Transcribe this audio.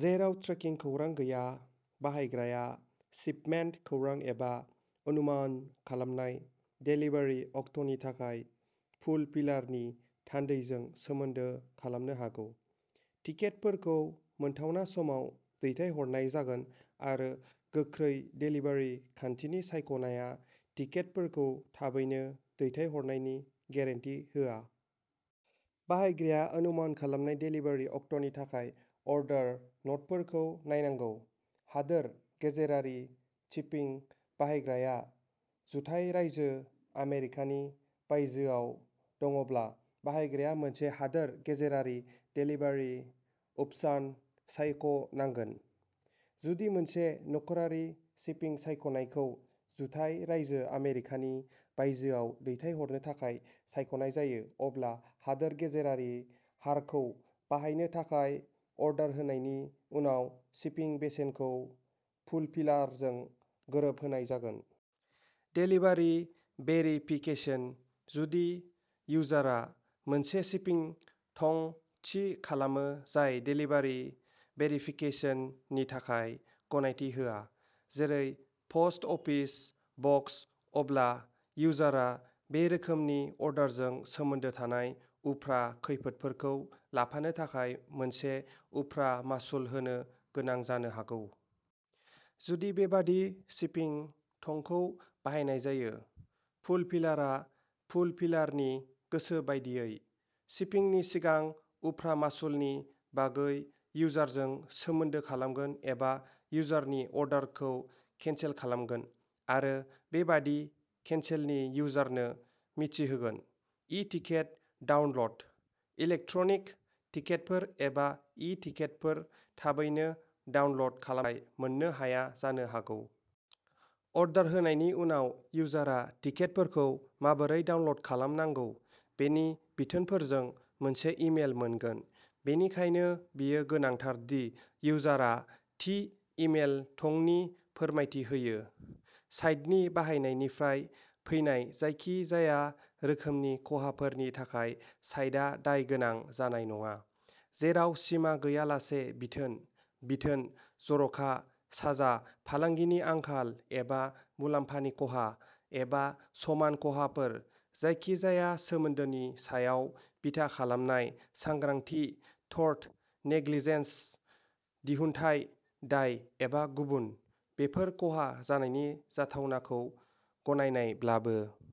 जेराव ट्रेकिं खौरां गैया, बाहायग्राया शिपमेन्ट खौरां एबा अनुमान खालामनाय देलिभारि अक्ट'नि थाखाय फुलफिलारनि थान्दैजों सोमोन्दो खालामनो हागौ। टिकेटफोरखौ मोनथावना समाव दैथायहरनाय जागोन, आरो गोख्रै देलिभारि खान्थिनि सायख'नाया टिकेटफोरखौ थाबैनो दैथायहरनायनि गेरेन्टि होआ। बाहायग्राया अनुमान खालामनाय देलिभारि अक्ट'नि थाखाय अर्डार न'टफोरखौ नायनांगौ। हादोर गेजेरारि शिपिं। बाहायग्राया जुथाइ रायजो आमेरिकानि बायजोआव दङब्ला, बाहायग्राया मोनसे हादोर गेजेरारि देलिभारि अपसन सायख'नांगोन। जुदि मोनसे नखरारि शिपिं सायख'नायखौ जुथाइ रायजो आमेरिकानि बायजोआव दैथायहरनो थाखाय सायख'नाय जायो, अब्ला हादोर गेजेरारि हारखौ बाहायनो थाखाय अर्डार होनायनि उनाव शिपिं बेसेनखौ फुलफिलारजों गोरोबहोनाय जागोन। Delivery verification. जुदि इउजारआ मोनसे शिपिं थं थि खालामो जाय देलिभारि भेरिफिकेसननि थाखाय गनायथि होआ, जेरै पस्ट अफिस बक्स, अब्ला इउजारआ बे रोखोमनि अर्डारजों सोमोन्दो थानाय उफ्रा खैफोदफोरखौ लाफानो थाखाय मोनसे उफ्रा मासुल होनो गोनां जानो हागौ। जुदि बेबादि शिपिं थंखौ बाहायनाय जायो, फुलफिलारआ फुलफिलारनि गोसो बादियै, शिपिंनि सिगां उफ्रा मासुलनि बागै इउजारजों सोमोन्दो खालामगोन एबा इउजारनि अर्डारखौ केन्सेल खालामगोन आरो बेबादि केन्सेलनि इउजारनो मिथिहोगोन। E ticket download. इलेक्ट्रनिक टिकेटफोर एबा "इ-टिकेटफोर" थाबैनो डाउनल'ड खालामनो थाखाय मोन्नो हाया जानो हागौ। अर्डार होनायनि उनाव, इउजारआ टिकेटफोरखौ माबोरै डाउनल'ड खालामनांगौ बेनि बिथोनफोरजों मोनसे इमेल मोनगोन; बेनिखायनो, बेयो गोनांथार दि इउजारआ थि इमेल थंनि फोरमायथि होयो। साइटनि बाहायनायनिफ्राय फैनाय जायखिजाया रोखोमनि खहाफोरनि थाखाय साइटआ दाय गोनां जानाय नङा, जेराव सिमा गैयालासे बिथोन, बिथोन, जर'खा, साजा, फालांगिनि आंखाल, एबा मुलाम्फानि खहा, एबा समान खहाफोर, जायखिजाया सोमोन्दोनि सायाव बिथा खालामनाय, सांग्रांथि, टर्ट, नेग्लिजेन्स, दिहुनथाय दाय एबा गुबुन, बेफोर खहा जानायनि जाथावनाखौ गनायनायब्लाबो।